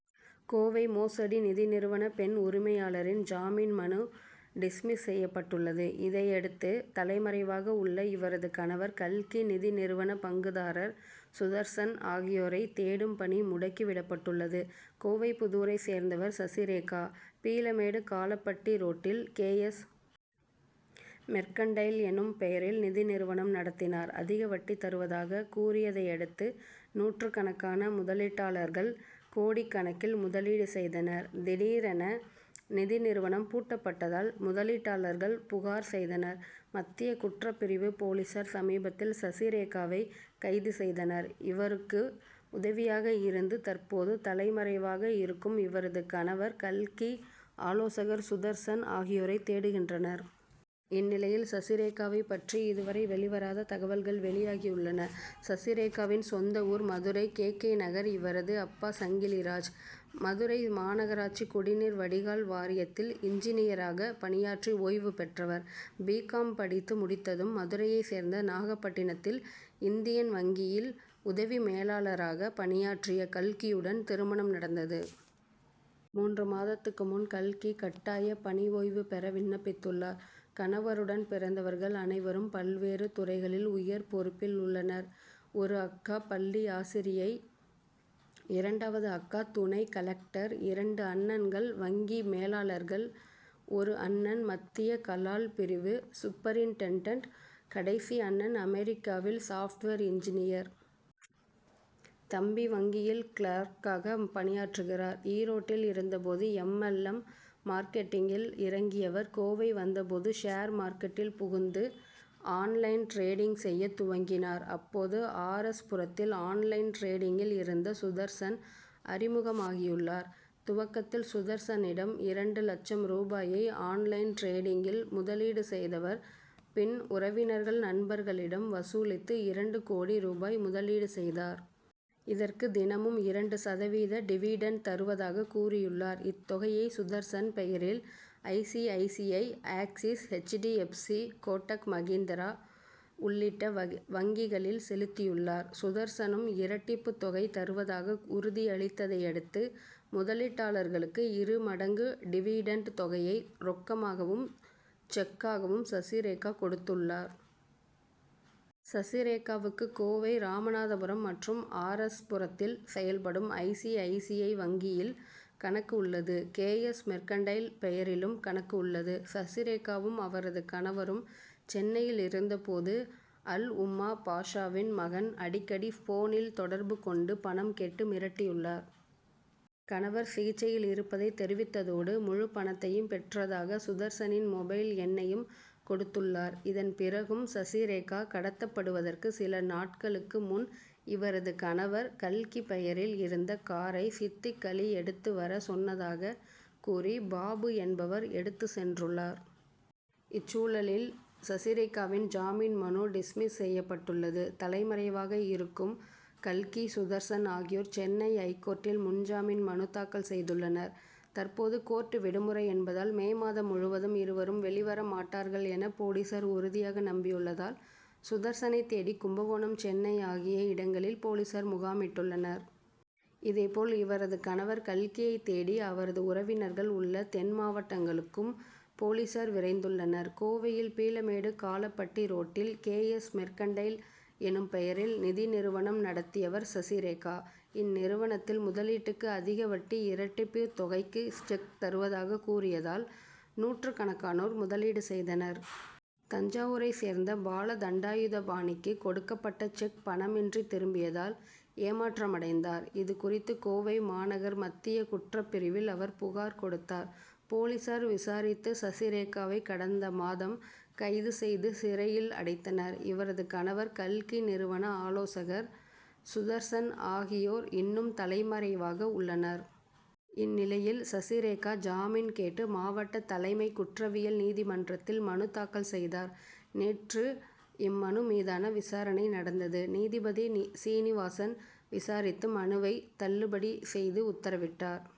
கோவை மோசடி நிதி நிறுவன பெண் உரிமையாளரின் ஜாமீன் மனு டிஸ்மிஸ் செய்யப்பட்டுள்ளது. இதையடுத்து தலைமறைவாக உள்ள இவரது கணவர் கல்கி நிதி நிறுவன பங்குதாரர் சுதர்சன் ஆகியோரை தேடும் பணி முடக்கி விடப்பட்டுள்ளது. கோவைப்புதூரைச் சேர்ந்தவர் சசிரேகா. பீளமேடு காளப்பட்டி ரோட்டில் கே. எஸ். மெர்கன்டைல் எனும் பெயரில் நிதி நிறுவனம் நடத்தினார். அதிக வட்டி தருவதாகக் கூறியதையடுத்து நூற்றுக்கணக்கான முதலீட்டாளர்கள் கோடிக்கணக்கில் முதலீடு செய்தனர். திடீரென நிதி நிறுவனம் பூட்டப்பட்டதால் முதலீட்டாளர்கள் புகார் செய்தனர். மத்திய குற்றப் பிரிவு போலீசார் சமீபத்தில் சசிரேகாவை கைது செய்தனர். இவருக்கு உதவியாக இருந்து தற்போது தலைமறைவாக இருக்கும் இவரது கணவர் கல்கி ஆலோசகர் சுதர்சன் ஆகியோரை தேடுகின்றனர். இந்நிலையில் சசிரேகாவைப் பற்றி இதுவரை வெளிவராத தகவல்கள் வெளியாகியுள்ளன. சசிரேகாவின் சொந்த ஊர் மதுரை கே. கே. நகர். இவரது அப்பா சங்கிலிராஜ். மதுரை மாநகராட்சி குடிநீர் வடிகால் வாரியத்தில் இன்ஜினியராக பணியாற்றி ஓய்வு பெற்றவர். பி. காம். படித்து முடித்ததும் மதுரையைச் சேர்ந்த நாகப்பட்டினத்தில் இந்தியன் வங்கியில் உதவி மேலாளராக பணியாற்றிய கல்கியுடன் திருமணம் நடந்தது. மூன்று மாதத்துக்கு முன் கல்கி கட்டாய பணி ஓய்வு பெற விண்ணப்பித்துள்ளார். கணவருடன் பிறந்தவர்கள் அனைவரும் பல்வேறு துறைகளில் உயர் பொறுப்பில் உள்ளனர். ஒரு அக்கா பள்ளி ஆசிரியை இரண்டாவது அக்கா துணை கலெக்டர் இரண்டு அண்ணன்கள் வங்கி மேலாளர்கள் ஒரு அண்ணன் மத்திய கலால் பிரிவு சூப்பரின்டெண்டன்ட் கடைசி அண்ணன் அமெரிக்காவில் சாப்ட்வேர் இன்ஜினியர். தம்பி வங்கியில் கிளார்க்காக பணியாற்றுகிறார். ஈரோட்டில் இருந்தபோது எம். எல். எம். மார்க்கெட்டிங்கில் இறங்கியவர் கோவை வந்தபோது ஷேர் மார்க்கெட்டில் புகுந்து ஆன்லைன் டிரேடிங் செய்ய துவங்கினார். அப்போது ஆர். எஸ். புரத்தில் ஆன்லைன் டிரேடிங்கில் இருந்த சுதர்சன் அறிமுகமாகியுள்ளார். துவக்கத்தில் சுதர்சனிடம் இரண்டு லட்சம் ரூபாயை ஆன்லைன் டிரேடிங்கில் முதலீடு செய்தவர் பின் உறவினர்கள் நண்பர்களிடம் வசூலித்து இரண்டு கோடி ரூபாய் முதலீடு செய்தார். இதற்கு தினமும் இரண்டு சதவீத டிவிடெண்ட் தருவதாகக் கூறியுள்ளார். இத்தொகையை சுதர்சன் பெயரில் I. C. I. C. I. Axis H. D. F. C. Kotak Mahindra உள்ளிட்ட வங்கிகளில் செலுத்தியுள்ளார். சுதர்சனும் இரட்டிப்பு தொகை தருவதாக உறுதி அளித்ததையடுத்து முதலீட்டாளர்களுக்கு இரு மடங்கு டிவிடெண்ட் தொகையை ரொக்கமாகவும் செக்காகவும் சசிரேகா கொடுத்துள்ளார். சசிரேகாவுக்கு கோவை ராமநாதபுரம் மற்றும் ஆர். எஸ். புரத்தில் செயல்படும் I. C. I. C. I. வங்கியில் கணக்கு உள்ளது. கே. எஸ். மெர்கன்டைல் பெயரிலும் கணக்கு உள்ளது. சசிரேகாவும் அவரது கணவரும் சென்னையில் இருந்தபோது அல் உம்மா பாஷாவின் மகன் அடிக்கடி போனில் தொடர்பு கொண்டு பணம் கேட்டு மிரட்டியுள்ளார். கணவர் சிகிச்சையில் இருப்பதை தெரிவித்ததோடு முழுப்பணத்தையும் பெற்றதாக சுதர்சனின் மொபைல் எண்ணையும் கொடுத்துள்ளார். இதன் பிறகும் சசிரேகா கடத்தப்படுவதற்கு சில நாட்களுக்கு முன் இவரது கணவர் கல்கி பெயரில் இருந்த காரை சித்திக் அலி எடுத்து வரச் சொன்னதாகக் கூறி பாபு என்பவர் எடுத்துச் சென்றுள்ளார். இச்சூழலில் சசிரேகாவின் ஜாமீன் மனு டிஸ்மிஸ் செய்யப்பட்டுள்ளது. தலைமறைவாக இருக்கும் கல்கி சுதர்சன் ஆகியோர் சென்னை ஐகோர்ட்டில் முன்ஜாமீன் மனு தாக்கல் செய்துள்ளனர். தற்போது கோர்ட் விடுமுறை என்பதால் மே மாதம் முழுவதும் இருவரும் வெளி வர மாட்டார்கள் என போலீசார் உறுதியாக நம்பியுள்ளதால் சுதர்சனை தேடி கும்பகோணம் சென்னை ஆகிய இடங்களில் போலீசார் முகாமிட்டுள்ளனர். இதேபோல் இவரது கணவர் கல்கியை தேடி அவரது உறவினர்கள் உள்ள தென் மாவட்டங்களுக்கும் போலீசார் விரைந்துள்ளனர். கோவையில் பீளமேடு காளப்பட்டி ரோட்டில் கே. எஸ். மெர்கன்டைல் எனும் பெயரில் நிதி நிறுவனம் நடத்தியவர் சசிரேகா. இந்நிறுவனத்தில் முதலீடுக்கு அதிக வட்டி இரட்டிப்பு தொகைக்கு செக் தருவதாக கூறியதால் நூற்றுக்கணக்கானோர் முதலீடு செய்தனர். தஞ்சாவூரைச் சேர்ந்த பாலதண்டாயுதபாணிக்கு கொடுக்கப்பட்ட செக் பணமின்றி திரும்பியதால் ஏமாற்றமடைந்தார். இது குறித்து கோவை மாநகர் மத்திய குற்றப்பிரிவில் அவர் புகார் கொடுத்தார். போலீசார் விசாரித்து சசிரேகாவை கடந்த மாதம் கைது செய்து சிறையில் அடைத்தனர். இவரது கணவர் கல்கி நிறுவன ஆலோசகர் சுதர்சன் ஆகியோர் இன்னும் தலைமறைவாக உள்ளனர். இந்நிலையில் சசிரேகா ஜாமீன் கேட்டு மாவட்ட தலைமை குற்றவியல் நீதிமன்றத்தில் மனு தாக்கல் செய்தார். நேற்று இம்மனு மீதான விசாரணை நடந்தது. நீதிபதி சீனிவாசன் விசாரித்து மனுவை தள்ளுபடி செய்து உத்தரவிட்டார்.